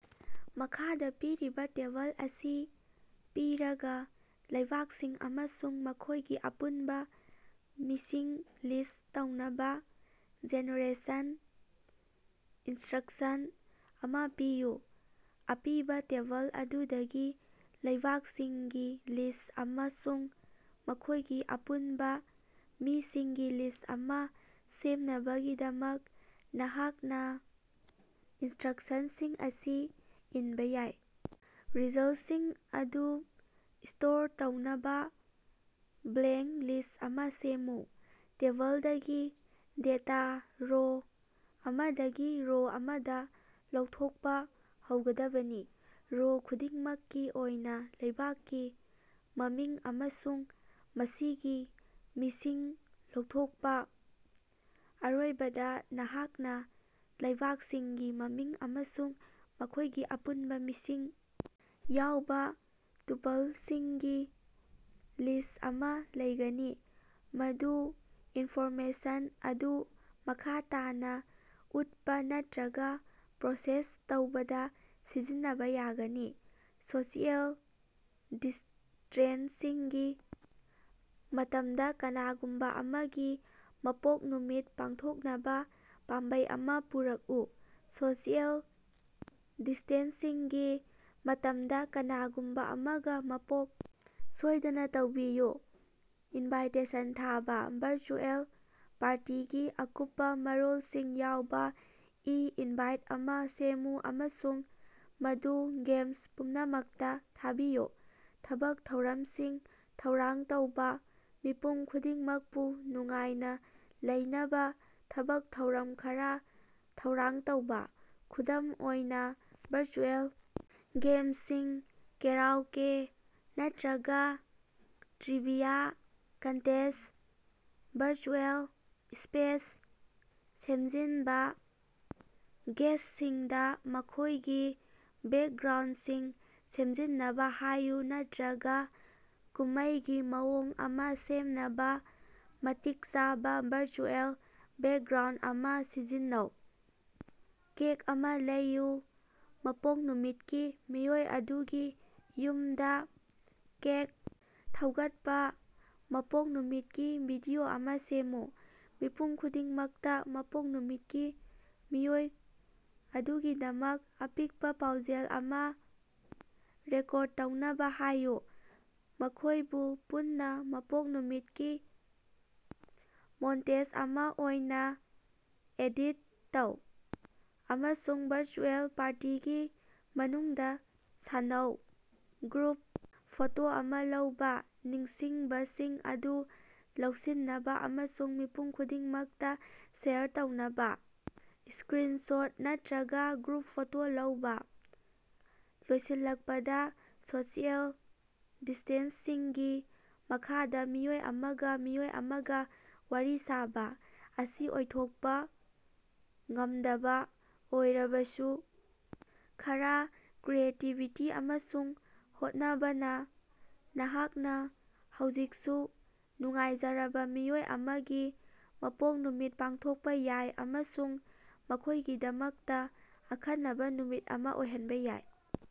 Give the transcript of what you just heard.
ꯃꯈꯥꯗ ꯄꯤꯔꯤꯕ ꯇꯦꯕꯜ ꯑꯁꯤ ꯄꯤꯔꯒ, ꯂꯩꯕꯥꯛꯁꯤꯡ ꯑꯃꯁꯨꯡ ꯃꯈꯣꯏꯒꯤ ꯑꯄꯨꯟꯕ ꯃꯤꯁꯤꯡ ꯂꯤꯁ ꯇꯧꯅꯕ ꯖꯦꯅꯦꯔꯦꯁꯟ ꯏꯟꯁꯇ꯭ꯔꯛꯁꯟ ꯑꯃ ꯄꯤꯌꯨ꯫ ꯑꯄꯤꯕ ꯇꯦꯕꯜ ꯑꯗꯨꯗꯒꯤ ꯂꯩꯕꯥꯛꯁꯤꯡꯒꯤ ꯂꯤꯁ ꯑꯃꯁꯨꯡ ꯃꯈꯣꯏꯒꯤ ꯑꯄꯨꯟꯕ ꯃꯤꯁꯤꯡꯒꯤ ꯂꯤꯁ ꯑꯃ ꯁꯦꯝꯅꯕꯒꯤꯗꯃꯛ, ꯅꯍꯥꯛꯅ ꯏꯅꯁꯇ꯭ꯔꯛꯁꯟꯁꯤꯡ ꯑꯁꯤ ꯏꯟꯕ ꯌꯥꯏ: ꯔꯤꯖꯜꯇꯁꯤꯡ ꯑꯗꯨ ꯁ꯭ꯇꯣꯔ ꯇꯧꯅꯕꯥ ꯕ꯭ꯂꯦꯡ ꯂꯤꯁ ꯑꯃꯥ ꯁꯦꯝꯃꯨ꯫ ꯇꯦꯕꯜꯗꯒꯤ ꯗꯦꯇꯥ ꯔꯣ ꯑꯃꯗꯒꯤ ꯔꯣ ꯑꯃꯗꯥ ꯂꯧꯊꯣꯛꯄ ꯍꯧꯒꯗꯕꯅꯤ꯫ ꯔꯣ ꯈꯨꯗꯤꯡꯃꯛꯀꯤ ꯑꯣꯏꯅꯥ ꯂꯩꯕꯥꯛꯀꯤ ꯃꯃꯤꯡ ꯑꯃꯁꯨꯡ ꯃꯁꯤꯒꯤ ꯃꯤꯁꯤꯡ ꯂꯧꯊꯣꯛꯄ꯫ ꯑꯔꯣꯏꯕꯗ, ꯅꯍꯥꯛꯅ ꯂꯩꯕꯥꯛꯁꯤꯡꯒꯤ ꯃꯃꯤꯡ ꯑꯃꯁꯨꯡ ꯃꯈꯣꯏꯒꯤ ꯑꯄꯨꯟꯕ ꯃꯤꯁꯤꯡ ꯌꯥꯎꯕ ꯇꯨꯄꯜꯁꯤꯡꯒꯤ ꯂꯤꯁ ꯑꯃꯥ ꯂꯩꯒꯅꯤ, ꯃꯗꯨ ꯏꯟꯐꯣꯔꯃꯦꯁꯟ ꯑꯗꯨ ꯃꯈꯥ ꯇꯥꯅ ꯎꯠꯄ ꯅꯠꯇ꯭ꯔꯒ ꯄ꯭ꯔꯣꯁꯦꯁ ꯇꯧꯕꯗ ꯁꯤꯖꯤꯟꯅꯕ ꯌꯥꯒꯅꯤ꯫ ꯁꯣꯁꯤꯑꯦꯜ ꯗꯤꯁ꯭ꯇꯦꯟꯁꯤꯡꯒꯤ ꯃꯇꯝꯗ ꯀꯅꯥꯒꯨꯝꯕ ꯑꯃꯒꯤ ꯃꯄꯣꯛ ꯅꯨꯃꯤꯠ ꯄꯥꯡꯊꯣꯛꯅꯕ ꯄꯥꯝꯕꯩ ꯑꯃꯥ ꯄꯨꯔꯛꯎ꯫ ꯁꯣꯁꯤꯑꯦꯜ ꯗꯤꯁ꯭ꯇꯦꯟꯁꯤꯡꯒꯤ ꯃꯇꯝꯗ ꯀꯅꯥꯒꯨꯝꯕ ꯑꯃꯒꯤ ꯃꯄꯣꯛ ꯁꯣꯏꯗꯅ ꯇꯧꯕꯤꯌꯨ꯫ ꯏꯟꯚꯥꯏꯇꯦꯁꯟ ꯊꯥꯕ: ꯚꯔꯆꯨꯑꯦꯜ ꯄꯥꯔꯇꯤꯒꯤ ꯑꯀꯨꯞꯄꯥ ꯃꯔꯣꯜꯁꯤꯡ ꯌꯥꯎꯕ ꯏ-ꯏꯟꯚꯥꯏꯠ ꯑꯃꯥ ꯁꯦꯝꯃꯨ ꯑꯃꯁꯨꯡ ꯃꯗꯨ ꯒꯦꯁ ꯄꯨꯝꯅꯃꯛꯇ ꯊꯥꯕꯤꯌꯨ꯫ ꯊꯕꯛ ꯊꯧꯔꯝꯁꯤꯡ ꯊꯧꯔꯥꯡ ꯇꯧꯕ: ꯃꯤꯄꯨꯝ ꯈꯨꯗꯤꯡꯃꯛꯄꯨ ꯅꯨꯡꯉꯥꯏꯅ ꯂꯩꯅꯕ ꯊꯕꯛ ꯊꯧꯔꯝ ꯈꯔꯥ ꯊꯧꯔꯥꯡ ꯇꯧꯕ, ꯈꯨꯗꯝ ꯑꯣꯏꯅ, ꯚꯔꯆꯨꯑꯦꯜ ꯒꯦꯝꯁꯤꯡ, ꯀꯦꯔꯥꯎꯀꯦ ꯅꯠꯇ꯭ꯔꯒ ꯇ꯭ꯔꯤꯕꯤꯌꯥ ꯀꯟꯇꯦꯁ꯫ ꯚꯔꯆꯨꯑꯦꯜ ꯁ꯭ꯄꯦꯁ ꯁꯦꯝꯖꯤꯟꯕ: ꯒꯦꯁ꯭ꯇꯁꯤꯡꯗ ꯃꯈꯣꯏꯒꯤ ꯕꯦꯛꯒ꯭ꯔꯥꯎꯟꯗꯁꯤꯡ ꯁꯦꯝꯖꯤꯟꯅꯕ ꯍꯥꯏꯌꯨ ꯅꯠꯇ꯭ꯔꯒꯥ ꯀꯨꯝꯃꯩꯒꯤ ꯃꯑꯣꯡ ꯑꯃꯥ ꯁꯦꯝꯅꯕꯥ ꯃꯇꯤꯛ ꯆꯥꯕ ꯚꯔꯆꯨꯑꯦꯜ ꯕꯦꯛꯒ꯭ꯔꯥꯎꯟꯗ ꯑꯃꯥ ꯁꯤꯖꯤꯟꯅꯧ꯫ ꯀꯦꯛ ꯑꯃꯥ ꯂꯩꯌꯨ: ꯃꯄꯣꯛ ꯅꯨꯃꯤꯠꯀꯤ ꯃꯤꯑꯣꯏ ꯑꯗꯨꯒꯤ ꯌꯨꯝꯗꯥ ꯀꯦꯛ ꯊꯧꯒꯠꯄ꯫ ꯃꯄꯣꯛ ꯅꯨꯃꯤꯠꯀꯤ ꯚꯤꯗꯤꯑꯣ ꯑꯃ ꯁꯦꯝꯃꯨ: ꯃꯤꯄꯨꯝ ꯈꯨꯗꯤꯡꯃꯛꯇ ꯃꯄꯣꯛ ꯅꯨꯃꯤꯠꯀꯤ ꯃꯤꯑꯣꯏ ꯑꯗꯨꯒꯤꯗꯃꯛ ꯑꯄꯤꯛꯄꯥ ꯄꯥꯎꯖꯦꯜ ꯑꯃꯥ ꯔꯦꯀꯣꯔꯗ ꯇꯧꯅꯕꯥ ꯍꯥꯏꯌꯨ, ꯃꯈꯣꯏꯕꯨ ꯄꯨꯟꯅ ꯃꯄꯣꯛ ꯅꯨꯃꯤꯠꯀꯤ ꯃꯣꯟꯇꯦꯖ ꯑꯃꯥ ꯑꯣꯏꯅꯥ ꯑꯦꯗꯤꯠ ꯇꯧ, ꯑꯃꯁꯨꯡ ꯚꯔꯆꯨꯑꯦꯜ ꯄꯥꯔꯇꯤꯒꯤ ꯃꯅꯨꯡꯗ ꯁꯥꯟꯅꯧ꯫ ꯒ꯭ꯔꯨꯞ ꯐꯣꯇꯣ ꯑꯃ ꯂꯧꯕ: ꯅꯤꯡꯁꯤꯡꯕꯁꯤꯡ ꯑꯗꯨ ꯂꯧꯁꯤꯟꯅꯕ ꯑꯃꯁꯨꯡ ꯃꯤꯄꯨꯝ ꯈꯨꯗꯤꯡꯃꯛꯇ ꯁꯦꯌꯔ ꯇꯧꯅꯕ ꯏꯁ꯭ꯀꯔꯤꯟꯁꯣꯠ ꯅꯠꯇ꯭ꯔꯒ ꯒ꯭ꯔꯨꯞ ꯐꯣꯇꯣ ꯂꯧꯕ꯫ ꯂꯣꯏꯁꯤꯜꯂꯛꯄꯗ, ꯁꯣꯁꯤꯑꯦꯜ ꯗꯤꯁ꯭ꯇꯦꯟꯁꯤꯡꯒꯤ ꯃꯈꯥꯗ ꯃꯤꯑꯣꯏ ꯑꯃꯒ ꯃꯤꯑꯣꯏ ꯑꯃꯒ ꯋꯥꯔꯤ ꯁꯥꯕ ꯑꯁꯤ ꯑꯣꯏꯊꯣꯛꯄ ꯉꯃꯗꯕ ꯑꯣꯏꯔꯕꯁꯨ, ꯈꯔꯥ ꯀ꯭ꯔꯤꯌꯦꯇꯤꯕꯤꯇꯤ ꯑꯃꯁꯨꯡ ꯍꯣꯠꯅꯕꯅ, ꯅꯍꯥꯛꯅ ꯍꯧꯖꯤꯛꯁꯨ ꯅꯨꯡꯁꯤꯖꯔꯕ ꯃꯤꯑꯣꯏ ꯑꯃꯒꯤ ꯃꯄꯣꯛ ꯅꯨꯃꯤꯠ ꯄꯥꯡꯊꯣꯛꯄꯥ ꯌꯥꯏ ꯑꯃꯁꯨꯡ ꯃꯈꯣꯏꯒꯤꯗꯃꯛꯇ ꯑꯈꯟꯅꯕ ꯅꯨꯃꯤꯠ ꯑꯃ ꯑꯣꯏꯍꯟꯕ ꯌꯥꯏ꯫।